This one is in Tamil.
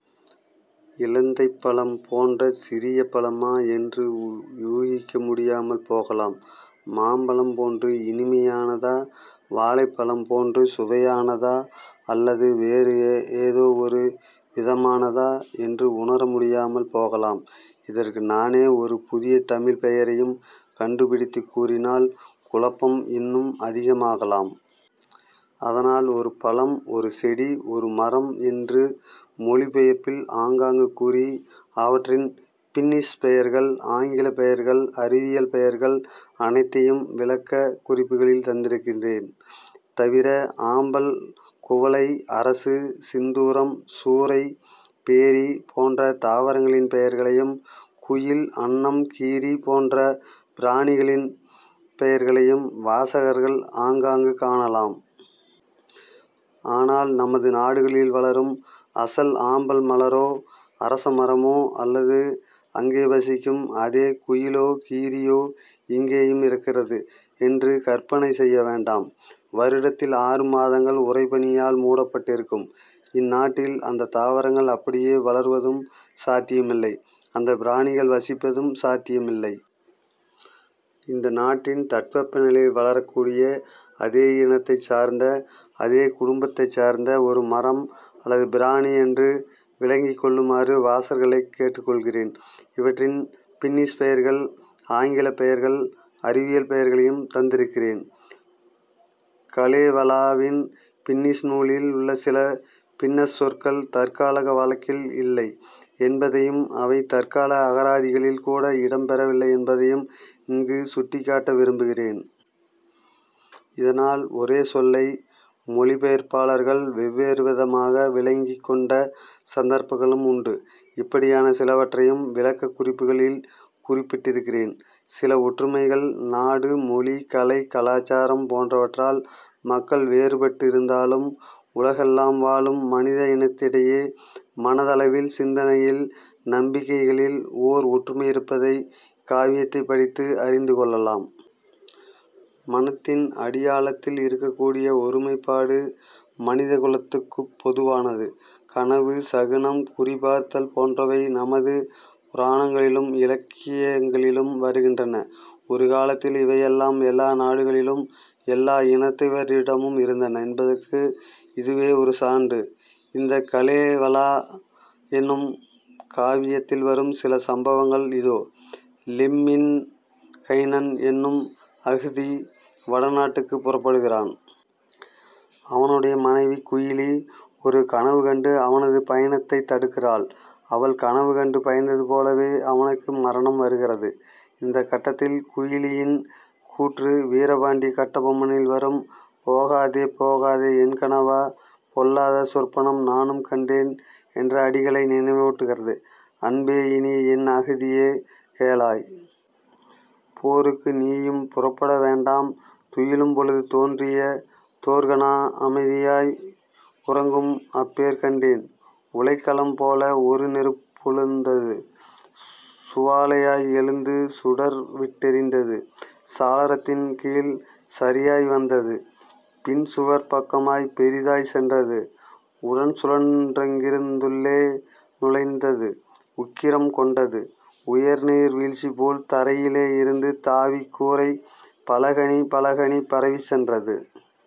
இலந்தைப்பழம் போன்ற சிறிய பழமா? என்று ஊகிக்க முடியாமல் போகலாம். மாம்பழம் போன்று இனிமையானதா? வாழைப்பழம் போன்று சுவையானதா? அல்லது வேறு ஏதோ ஒரு விதமானதா? என்று உணர முடியாமல் போகலாம். இதற்கு நானே ஒரு புதிய தமிழ்ப் பெயரையும் கண்டுப்பிடித்துக் கூறினால் குழப்பம் இன்னும் அதிகமாகலாம். அதனால் 'ஒரு பழம்' 'ஒரு செடி', 'ஒரு மரம்' என்று மொழிபெயர்ப்பில் ஆங்காங்கு கூறி, அவற்றின் பின்னிஷ் பெயர்கள், ஆங்கிலப் பெயர்கள், அறிவியல் பெயர்கள் அனைத்தையும் 'விளக்கக் குறிப்புகளில்' தந்திருக்கிறேன். தவிர, ஆம்பல், குவளை, அரசு, சிந்தூரம், சூரை, பேரி போன்ற தாவரங்களின் பெயர்களையும் குயில், அன்னம், கீரி போன்ற பிராணிகளின் பெயர்களையும் வாசகர்கள் ஆங்காங்கு காணலாம். ஆனால் நமது நாடுகளில் வளரும் அசல் ஆம்பல் மலரோ அரச மரமோ அல்லது அங்கே வசிக்கும் அதே குயிலோ கீரியோ இங்கேயும் இருக்கிறது என்று கற்பனை செய்ய வேண்டாம். வருடத்தில் ஆறு மாதங்கள் உறைபனியால் முடப்பட்டிருக்கும் இந்நாட்டில் அந்தத் தாவரங்கள் அப்படியே வளர்வதும் சாத்தியமில்லை; அந்த பிராணிகள் வசிப்பதும் சாத்தியமில்லை. இந்த நாட்டின் தட்பவெப்ப நிலையில் வளரக் கூடிய அதே இனத்தைச் சார்ந்த அதே குடும்பத்தைச் சார்ந்த ஒரு மரம் அல்லது பிராணி என்று விளங்கிக் கொள்ளுமாறு வாசகர்களைக் கேட்டுக் கொள்கிறேன். இவற்றின் பின்னிஷ் பெயர்கள், ஆங்கிலப் பெயர்கள், அறிவியல் பெயர்களையும் தந்திருக்கிறேன். 'கலேவலா'வின் பின்னிஷ் நூலில் உள்ள சில பின்னஷ் சொற்கள் தற்கால வழக்கில் இல்லை என்பதையும் அவை தற்கால அகராதிகளில் கூட இடம் பெறவில்லை என்பதையும் இங்குச் சுட்டிக் காட்ட விரும்புகிறேன். இதனால் ஒரே சொல்லை மொழிபெயர்ப்பாளர்கள் வெவ்வேறு விதமாக விளங்கிக் கொண்ட சந்தர்ப்பங்களும் உண்டு. இப்படியான சிலவற்றையும் விளக்கக் குறிப்புகளில் குறிப்பிட்டிருக்கிறேன். சில ஒற்றுமைகள் நாடு, மொழி, கலை, கலாசாரம் போன்றவற்றால் மக்கள் வேறுபட்டு இருந்தாலும், உலகெல்லாம் வாழும் மனித இனத்திடையே மனத்தளவில் சிந்தனையில் நம்பிக்கைகளில் ஓர் ஒற்றுமை இருப்பதை இக்காவியத்தைப் படித்து அறிந்து கொள்ளலாம். மனத்தின் அடியாழத்தில் இருக்கக்கூடிய ஒருமைப்பாடு மனிதக் குலத்துக்குப் பொதுவானது. கனவு, சகுனம், குறி பார்த்தல் போன்றவை நமது புராணங்களிலும் இலக்கியங்களிலும் வருகின்றன. ஒரு காலத்தில் இவையெல்லாம் எல்லா நாடுகளிலும் எல்லா இனத்தவரிடமும் இருந்தன என்பதற்கு இது ஒரு சான்று. இந்தக் 'கலேவலா' என்னும் காவியத்தில் வரும் சில சம்பவங்கள் இதோ: லெம்மின்கைனன் என்னும் அஹ்தி வடநாட்டுக்குப் புறப்படுகிறான். அவனுடைய மனைவி குயிலி ஒரு கனவு கண்டு அவனது பயணத்தைத் தடுக்கிறாள். அவள் கனவு கண்டு பயந்தது போலவே அவனுக்கு மரணம் வருகிறது. இந்தக் கட்டத்தில் குயிலியின் கூற்று 'வீரபாண்டிய கட்டப்பொம்மனி'ல் வரும் "போகாதே போகாதே என் கணவா, பொல்லாத சொற்பனம் நானும் கண்டேன்" என்ற அடிகளை நினைவூட்டுகிறது: "அன்பே, இனியஎன் அஹ்தியே, கேளாய்! போருக்கு நீயும் புறப்பட வேண்டாம் துயிலும் பொழுது தோன்றிய தோர்கனா அமைதியாய் உறங்கும் அப்போ கண்டேன்: உலைக்களம் போல ஒருநெருப் பெழுந்தது சுவாலையாய் எழுந்து சுடர்விட் டெரிந்தது சாளரத் தின்கீழ் சரியாய் வந்தது பின்சுவர்ப் பக்கமாய்ப் பெரிதாய்ச் சென்றது உடன்சுழன் றங்கிருந் துள்ளே நுழைந்தது உக்கிரம் கொண்டது உயர்நீர் வீழ்ச்சிபோல் தரையிலே இருந்து தாவிக் கூரை பலகணி பலகணி பரவிச் சென்றது.